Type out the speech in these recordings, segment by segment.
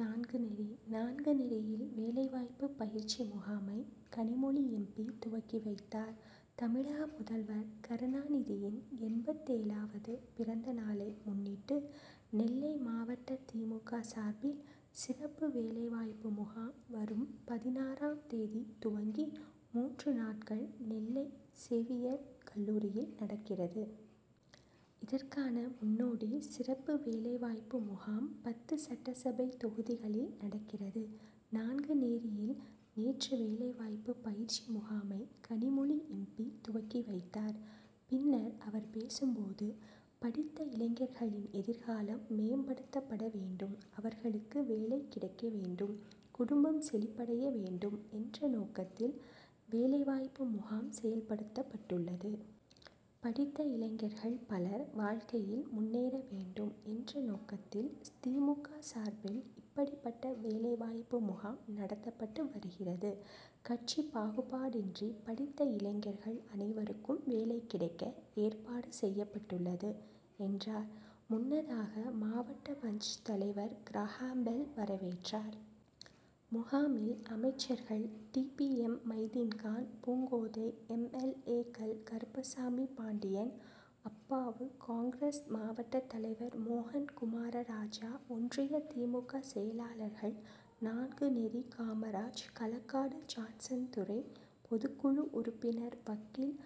நான்குநேரி நான்குநேரியில் வேலைவாய்ப்பு பயிற்சி முகாமை கனிமொழி எம். பி., துவக்கி வைத்தார். தமிழக முதல்வர் கருணாநிதியின் எண்பத்தேழாவது பிறந்தநாளை முன்னிட்டு நெல்லை மாவட்ட திமுக சார்பில் சிறப்பு வேலைவாய்ப்பு முகாம் வரும் பதினாறாம் தேதி துவங்கி மூன்று நாட்கள் நெல்லை சேவியர் கல்லூரியில் நடக்கிறது. இதற்கான முன்னோடி சிறப்பு வேலைவாய்ப்பு முகாம் பத்து சட்டசபை தொகுதிகளில் நடக்கிறது. நான்குநேரியில் நேற்று வேலைவாய்ப்பு பயிற்சி முகாமை கனிமொழி எம். பி. துவக்கி வைத்தார். பின்னர் அவர் பேசும்போது, படித்த இளைஞர்களின் எதிர்காலம் மேம்படுத்தப்பட வேண்டும். அவர்களுக்கு வேலை கிடைக்க வேண்டும். குடும்பம் செழிப்படைய வேண்டும் என்ற நோக்கத்தில் வேலைவாய்ப்பு முகாம் செயல்படுத்தப்பட்டுள்ளது. படித்த இளைஞர்கள் பலர் வாழ்க்கையில் முன்னேற வேண்டும் என்ற நோக்கத்தில் தி. மு. க. சார்பில் இப்படிபட்ட வேலைவாய்ப்பு முகாம் நடத்தப்பட்டு வருகிறது. கட்சி பாகுபாடின்றி படித்த இளைஞர்கள் அனைவருக்கும் வேலை கிடைக்க ஏற்பாடு செய்யப்பட்டுள்ளது என்றார். முன்னதாக மாவட்ட பஞ்., தலைவர் கிரகாம்பெல் வரவேற்றார். முகாமில் அமைச்சர்கள் T. P. M. Maideenkhan, Poongothai, M. L. A. கள் கருப்பசாமிபாண்டியன், அப்பாவு, காங்., மாவட்ட தலைவர் மோகன்குமாரராஜா, ஒன்றிய திமுக செயலாளர்கள் நான்குநேரி காமராஜ், களக்காடு ஜான்சன்துரை, பொதுக்குழு உறுப்பினர் வக்கீல்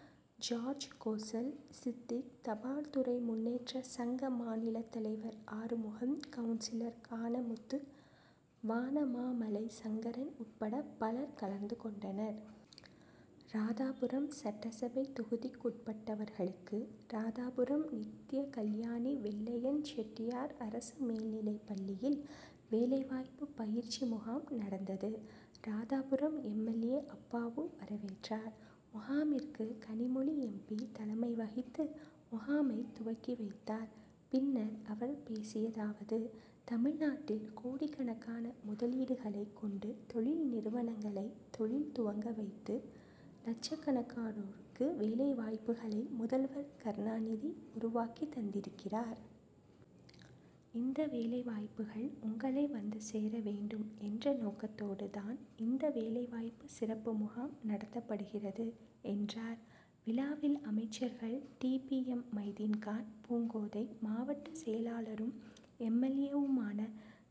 சார்ஜ்கோசல், சித்திக், தபால்துறை முன்னேற்ற சங்க மாநில தலைவர் ஆறுமுகம், கவுன்சிலர் கானாமுத்து, வானமாமலை சங்கரன் உட்பட பலர் கலந்து கொண்டர். ராதாபுரம் சட்டசபை தொகுதிக்குட்பட்டவர்களுக்கு ராதாபுரம் நித்யகல்யாணி வெள்ளையன் செட்டியார் அரசு மேல்நிலைப் பள்ளியில் வேலைவாய்ப்பு பயிற்சி முகாம் நடந்தது. Radhapuram M. L. A., Appavu வரவேற்றார். முகாமிற்கு கனிமொழி எம். பி., தலைமை வகித்து முகாமை துவக்கி வைத்தார். பின்னர் அவர் பேசியதாவது தமிழ்நாட்டில் கோடிக்கணக்கான முதலீடுகளை கொண்டு தொழில் நிறுவனங்களை தொழில் துவங்க வைத்து லட்சக்கணக்கனோருக்கு வேலைவாய்ப்புகளை முதல்வர் கருணாநிதி உருவாக்கி தந்திருக்கிறார். இந்த வேலை வாய்ப்புகள் உங்களை வந்து சேர வேண்டும் என்ற நோக்கத்தோடு தான் இந்த வேலைவாய்ப்பு சிறப்பு முகாம் நடத்தப்படுகிறது என்றார். விழாவில் அமைச்சர்கள் டிபிஎம் மைதீன்கான், பூங்கோதை, மாவட்ட செயலாளரும் எம். எல். ஏ.,வுமான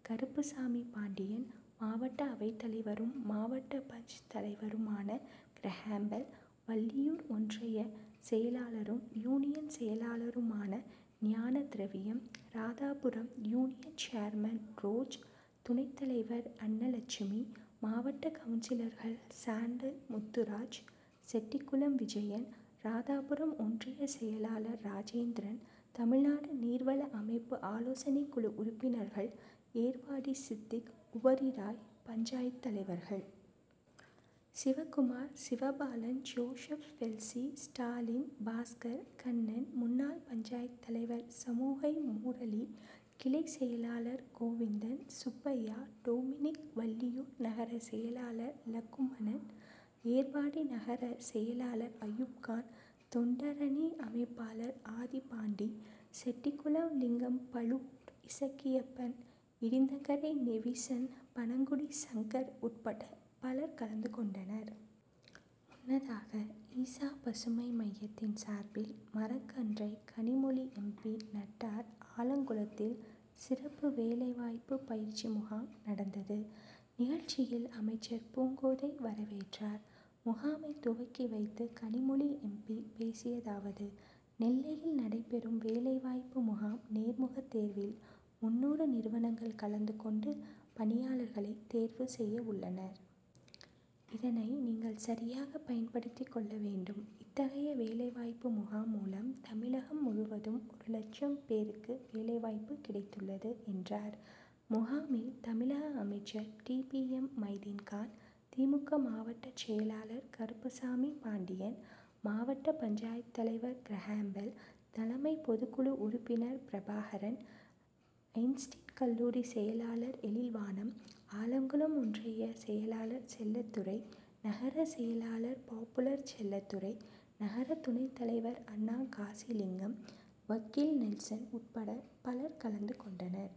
கருப்பசாமிபாண்டியன், மாவட்ட அவைத்தலைவரும் மாவட்ட பஞ்.,தலைவருமான கிரகாம்பெல், வள்ளியூர் ஒன்றிய செயலாளரும் யூனியன் செயலாளருமான Gnanathiraviyam, Radhapuram union chairman roach, துணைத் தலைவர் அன்னலட்சுமி, மாவட்ட கவுன்சிலர்கள் சாண்டல் முத்துராஜ், செட்டிகுளம் விஜயன், ராதாபுரம் ஒன்றிய செயலாளர் ராஜேந்திரன், தமிழ்நாடு நீர்வள அமைப்பு ஆலோசனைக்குழு உறுப்பினர்கள் ஏர்வாடி சித்திக், உவரி ராய், பஞ்.,தலைவர்கள் சிவகுமார், சிவபாலன், ஜோசப்பெல்ஸி, ஸ்டாலின், பாஸ்கர், கண்ணன், முன்னாள் பஞ்.,தலைவர் சமூகை முரளி, கிளை செயலாளர் கோவிந்தன், சுப்பையா, டொமினிக், வள்ளியூர் நகர செயலாளர் லெக்குமணன், ஏர்வாடி நகர செயலாளர் அயூப்கான், தொண்டரணி அமைப்பாளர் ஆதிபாண்டி, செட்டிகுளம் லிங்கம், பழவூர் இசக்கியப்பன், இடிந்தகரை நேவிசன், பணகுடி சங்கர் உட்பட பலர் கலந்து கொண்டனர். முன்னதாக ஈசா பசுமை மையத்தின் சார்பில் மரக்கன்றை கனிமொழி எம். பி., நட்டார். ஆலங்குளத்தில் சிறப்பு வேலைவாய்ப்பு பயிற்சி முகாம் நடந்தது. நிகழ்ச்சியில் அமைச்சர் பூங்கோதை வரவேற்றார். முகாமை துவக்கி வைத்து கனிமொழி எம். பி. பேசியதாவது நெல்லையில் நடைபெறும் வேலை வாய்ப்பு முகாம் நேர்முக தேர்வில் முந்நூறு நிறுவனங்கள் கலந்து கொண்டு பணியாளர்களை தேர்வு செய்யவுள்ளனர். இதனை நீங்கள் சரியாக பயன்படுத்திக் கொள்ள வேண்டும். இத்தகைய வேலைவாய்பு முகாம் மூலம் தமிழகம் முழுவதும் ஒரு லட்சம் பேருக்கு வேலைவாய்ப்பு கிடைத்துள்ளது என்றார். முகாமில் தமிழக அமைச்சர் T. P. M. Maideenkhan, DMK மாவட்ட செயலாளர் கருப்பசாமிபாண்டியன், மாவட்ட பஞ்., தலைவர் கிரகாம்பெல், தலைமை பொதுக்குழு உறுப்பினர் பிரபாகரன், ஐன்ஸ்டின் கல்லூரி செயலாளர் எழில்வானம், ஆலங்குளம் ஒன்றிய செயலாளர் செல்லத்துரை, நகர செயலாளர் பாப்புலர் செல்லத்துரை, நகர துணைத் தலைவர் அண்ணா காசிலிங்கம், வக்கீல் நெல்சன் உட்பட பலர் கலந்து கொண்டனர்.